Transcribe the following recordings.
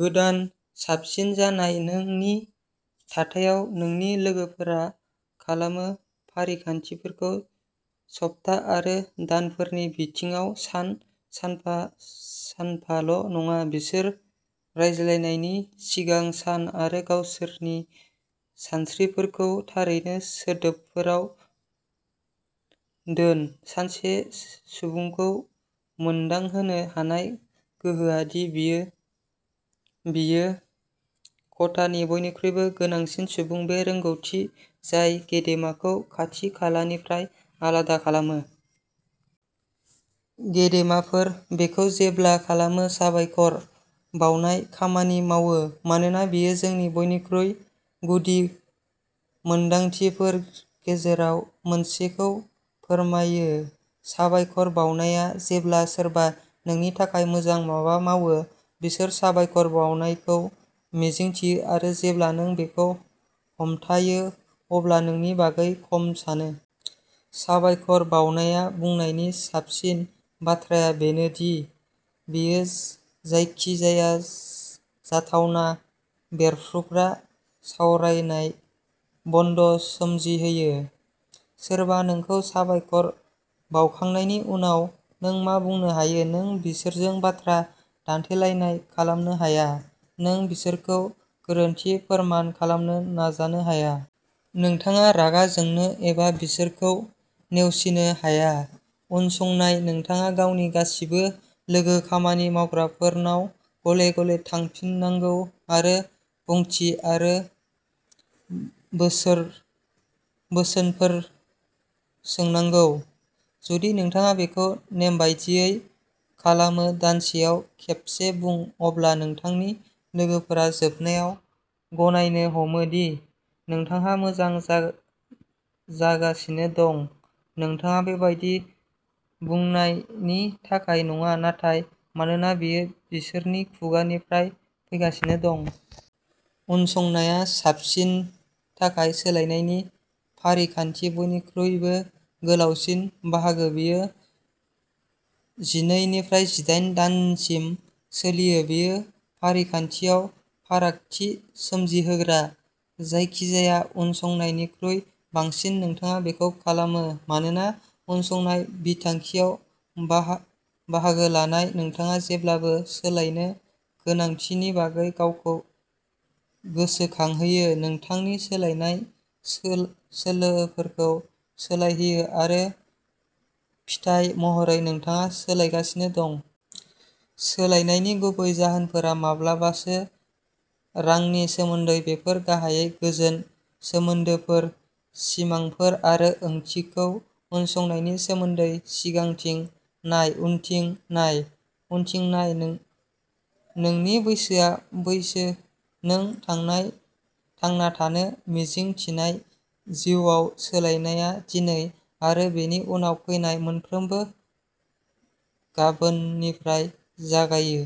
गोदान साबसिन जानाय नों नि थाथायाव नोंनि लोगोफोरा खालामो फारिखान्थिखौ सप्ता आरो दानफोरनि बिथिङाव सान, सानफा सानल' नङा। बिसोर रायज्लायनायनि सिगां सान आरो गावसोरनि सानस्रिफोरखौ थारै सोदोबफोराव दोन। सासे सुबुंखौ मोनदांहोनो हानाय गोहोआ दि बियो बियो खथानि बयनिख्रुइबो गोनांसिन सुबुं, बे रोंग'थि जाय गेदेमाखौ खाथि-खाथिनिफ्राय आलादा खालामो। गेदेमाफोरा बेखौ जेब्लाबो खालामो। साबायखर बावनाया खामानि मावो मानोना बेयो जोंनि बयनिख्रुइ गुदि मोनदांथिफोरनि गेजेराव मोनसेखौ फोरमायो-साबायखर बावनाया। जेब्ला सोरबा नोंनि थाखाय मोजां माबा मावो, बिसोर साबायखर बावनायखौ मिजिंथियो-आरो जेब्ला नों बेखौ हमथाहोयो अब्ला नोंनि बागै खम सानो। साबायखर बावनाया बुंनायनि साबसिन बाथ्राया बेनो दि बेयो जायखिजाया जाथावना बेरफ्रुग्रा सावरायनायाव बन्द' सोमजिहोयो। सोरबा नोंखौ साबायखर बावखांनायनि उनाव नों मा बुंनो हायो? नों बिसोरजों बाथ्रा दान्थेलायनाय खालामनो हाया! नों बिसोरखौ गोरोन्थि फोरमान खालामनो नाजानो हाया! नोंथाङा रागा जोंनो एबा बिसोरखौ नेवसिनो हाया उनसंनाय नोंथाङा गावनि गासिबो लोगो खामानि मावग्राफोरनाव गले-गले थांफिननांगौ आरो बिबुंथि आरो बोसोनफोर सोंनांगौ। जुदि नोंथाङा बेखौ नेमबादियै खालामो, दानसेयाव खेबसे बुं, अब्ला नोंथांनि लोगोफोरा जोबनायाव गनायनो हमो दि नोंथाङा मोजां जागासिनो दं नोंथाङा बेबादि बुंनायनि थाखाय नङा, नाथाय मानोना बेयो बिसोरनि खुगानिफ्राय फैगासिनो दं। उनसंनाया साबसिननि थाखाय सोलायनायनि फारिखान्थिनि बयनिख्रुइबो गोलावसिन बाहागो। बेयो जिनै निफ्राय जिदाइन दानसिम सोलियो। बेयो फारिखान्थियाव फारागथि सोमजिहोग्रा। जायखिजाया उनसंनायनिख्रुइ बांसिन, नोंथाङा बेखौ खालामो, मानोना उनसंनाय बिखान्थियाव बाहागो लानानै नोंथाङा जेब्लाबो सोलायनो गोनांथिनि बागै गावखौ गोसोखांहोयो, नोंथांनि सोलायनाय सोलोफोरखौ सोलायहोयो, आरो फिथाय महरै नोंथाङा सोलायगासिनो दं। सोलायनायनि गुबै जाहोनफोरा माब्लाबासो रांनि सोमोन्दै। बेफोर गाहायै गोजोन, सोमोन्दोफोर, सिमांफोर आरो ओंथिखौ उनसंनायनि सोमोन्दै। सिगांथिं नाय, उनथिं नाय। उनथिं नाय। नोंनि बैसोआ नों थांना थानो मिजिं थिनाय जिउआव। सोलायनायआ दिनै आरो बेनि उनाव फैनाय मोनफ्रोमबो गाबोननिफ्राय जागायो।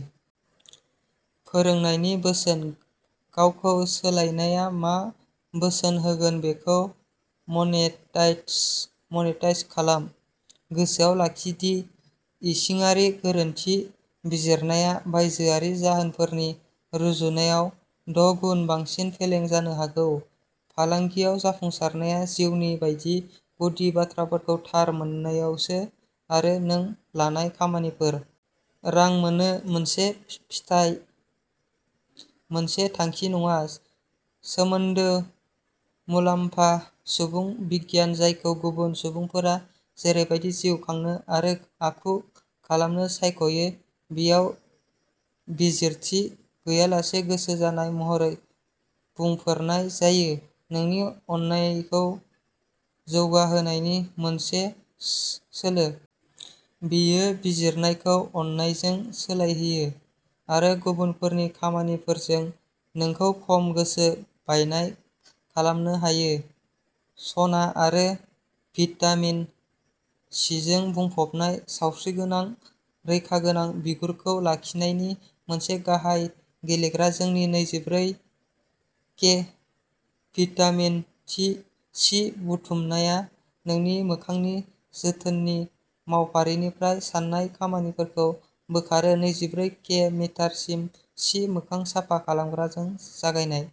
फोरोंनायनि बोसोन गावखौ सोलायनाया मा बेसेन होगोन बेखौ मनेटाइज खालाम। गोसोआव लाखि दि इसिङारि गोरोन्थि बिजिरनाया बायजोआरि जाहोनफोरनि रुजुनायाव द'गुन बांसिन फेलें जानो हागौ। फालांगियाव जाफुंसारनाया, जिउनि बायदि, गुदि बाथ्राफोरखौ थार मोननायावसो आरो नों लानाय खामानिफोर रांआ मोनसे फिथाय, मोनसे थांखि नङा सोमोन्दो मुक्ता सुबुं बिगियान, जायखौ गुबुन सुबुंफोरा जेरैबादि जिउ खांनो आरो आखु खालामनो सायख'यो बेयाव बिजिरथि गैयालासे गोसो जानाय महरै बुंफोरनाय जायो, नोंनि अननायखौ जौगाहोनायनि मोनसे सोलो। बेयो बिजिरनायखौ अननायजों सोलायहोयो, आरो गुबुनफोरनि खामानिफोरजों नोंखौ खम गोसो बायनाय खालामनो हायो। सना आरो भिटामिन सिजों बुंफबनाय, सावस्रिगोनां, रैखागोनां बिगुरखौ लाखिनायनि मोनसे गाहाय गेलेग्रा जोंनि नैजिब्रै के भिटामिन सि बुथुमनाया नोंनि मोखांनि जोथोननि मावफारिनिफ्राय सान्नाय खामानिखौ बोखारो। नैजिब्रै के भिटामिन सि मोखां साफा खालामग्राजों जागाय।